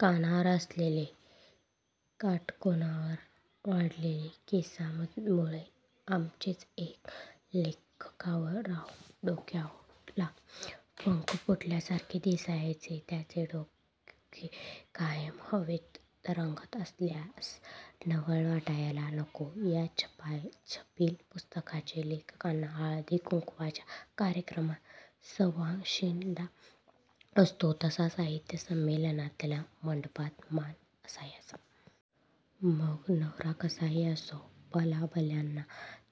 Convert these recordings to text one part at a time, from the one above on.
कानावर असलेले, काटकोनात वाढलेल्या केसांमुळे, आमचेच एक लेखकराव, डोक्याला पंख फुटल्या सारखे दिसायचे! त्यांचे डोके कायम हवेत तरंगत असल्यास नवल वाटायला नको! या छापील पुस्तकाचे लेखकाना, हळदी कुंकवाच्या कार्यक्रमात सवाष्णीना असतो तसा, साहित्य संमेलनातल्या मंडपात, मान असायचा. मग नवरा कसाही असो! भल्या भल्याना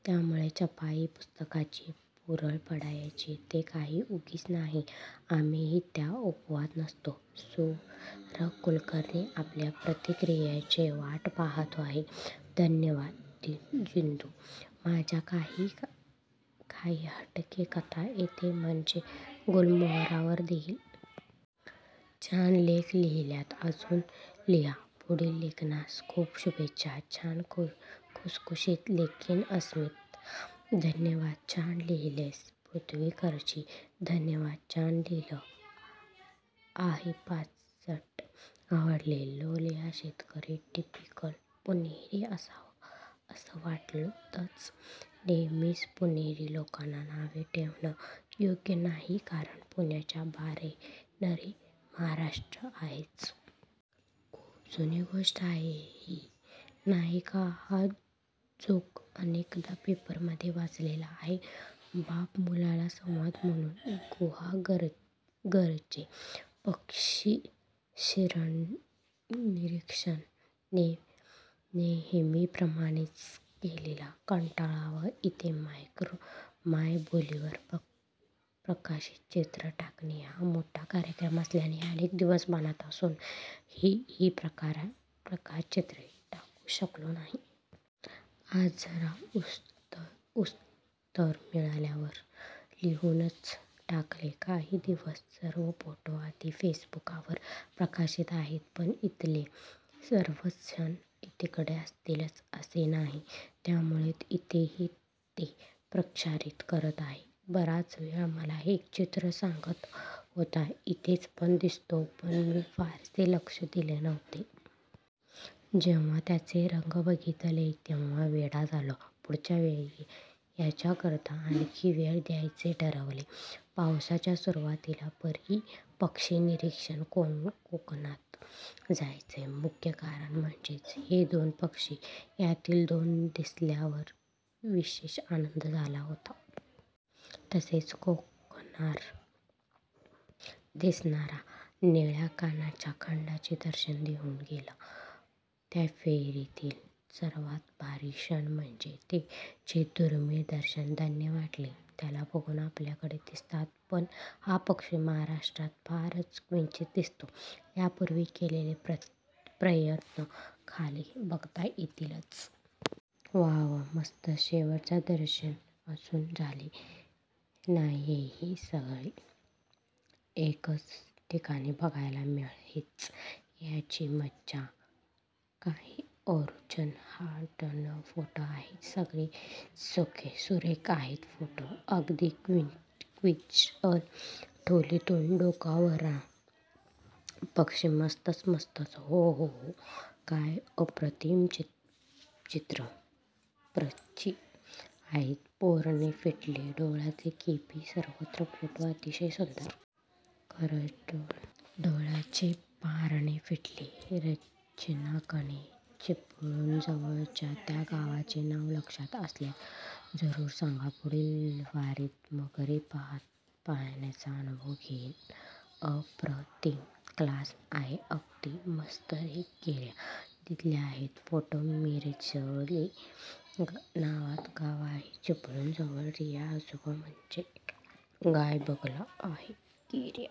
त्यामुळे छापील पुस्तकाची भुरळ पडायची. ते काही उगीच नाही! आम्हीही त्याला अपवाद नव्हतो. सु र कुलकर्णी. आपल्या प्रतिक्रियांची वाट पहात आहे. धन्यवाद जिद्दू. माझ्या काही 'हटके'कथा येथे म्हणजे, गुलमोहरवर देईन. छान लेख लिहिलात. अजुन लिहा.. पुढील लेखनास खूप शुभेच्छा..!! छान, खुसखुशीत लेखन! अस्मिता, धन्यवादछान लिहिलंय. पृथ्वीकरजी धन्यवादछान लिहिले आहेपांचटआवडले. लोल, हा शेतकरी टिपिकल पुणेरी असावा असं वाटंतय! नेहमीच पुणेरी लोकांना नावे ठेवणं योग्य नाहीकारण पुण्याच्या बाहेरही महाराष्ट्र आहेच. खूप जुनी गोष्ट आहे ही, नाही का? हा जोक अनेकदा पेपरमधे वाचलेला आहे. बाप-मुलाचा संवाद म्हणून. गुहागरचे पक्षीनिरीक्षणनेहेमीप्रमाणेच केलेला कंटाळा व इथे मायबोलीवर प्रकाशचित्र टाकणे हा मोठा कार्यक्रम असल्याने अनेक दिवस मनात असुनही ही प्रकाशचित्रे टाकु शकलो नाही. आज जरा उसंत मिळाल्यावर लिहुनच टाकले. खाली दिलेले सर्व फोटो आधी फेसबुकावर प्रकाशित आहेत पण इथले सर्वच जण तिकडे असतीलच असे नाही. त्यामुळे इथेही ते प्रकाशित करत आहे. बराच वेळ मला एक मित्र सांगत होता इथेच ' पण दिसतो पण मी फारसे लक्ष दिले नव्हते. जेव्हा याचे रंग बघीतले तेव्हा वेडा झालो. पुढच्या वेळी याच्याकरता आणखी वेळ द्यायच ठरवले आहे. पावसाळ्याच्या सुरुवातीला पक्षीनिरीक्षक कोकणात जायचे मुख्य कारण म्हणजे, हे दोन पक्षी. यातील दोन्ही दिसल्यावर विशेष आनंद झाला होता. तसेच कोकणार दिसणारा निळ्या कानांचा खंड्याही दर्शन देऊन गेला. त्या फेरीतील सर्वात भारी क्षण म्हणजे चे दुर्मिळ दर्शन. धन्य वाटले त्याला बघुन. आपल्याकडे दिसतात पण हा पक्षी महाराष्ट्रात फारच क्वचीत दिसतो. यापूर्वी केलेले प्रयत्न खाली बघता येतीलच. वाह मस्तच, शेवटच्याचे दर्शन अजून झाले नाहीयेहे सगळे एकाच ठिकाणी बघायला मिळताहेत त्याची मजा काही औरचम हा न फोटो आहेत सगळेचसुरेख आलेत फोटो. अगदी क्लिअर!!! ढोलीतून डोकावणारा पक्षी मस्तच. मस्तच हो हो हो काय अप्रतिम प्रचि आहेत पारणे फिटले डोळ्याचे_______/\_______केपी, सर्वच फोटो अतिशय सुंदर. खरंच डोळ्याचे पारणे फिटले. रच्याकने, चिपळूणजवळच्या त्या गावाचे नाव लक्षात असल्यास जरूर सांगा पुढील वारीत मगरी बघण्याचा अनुभव घेईन. अ प्र ति म. क्लास आहे अगदी. मस्त रे केप्या! सिधला आहेत फोटोमिरजोळी नावाचं गाव आहे चिपळूण जवळ.! रीया आजोबा म्हणजे गायबगळा आहे. केप्या..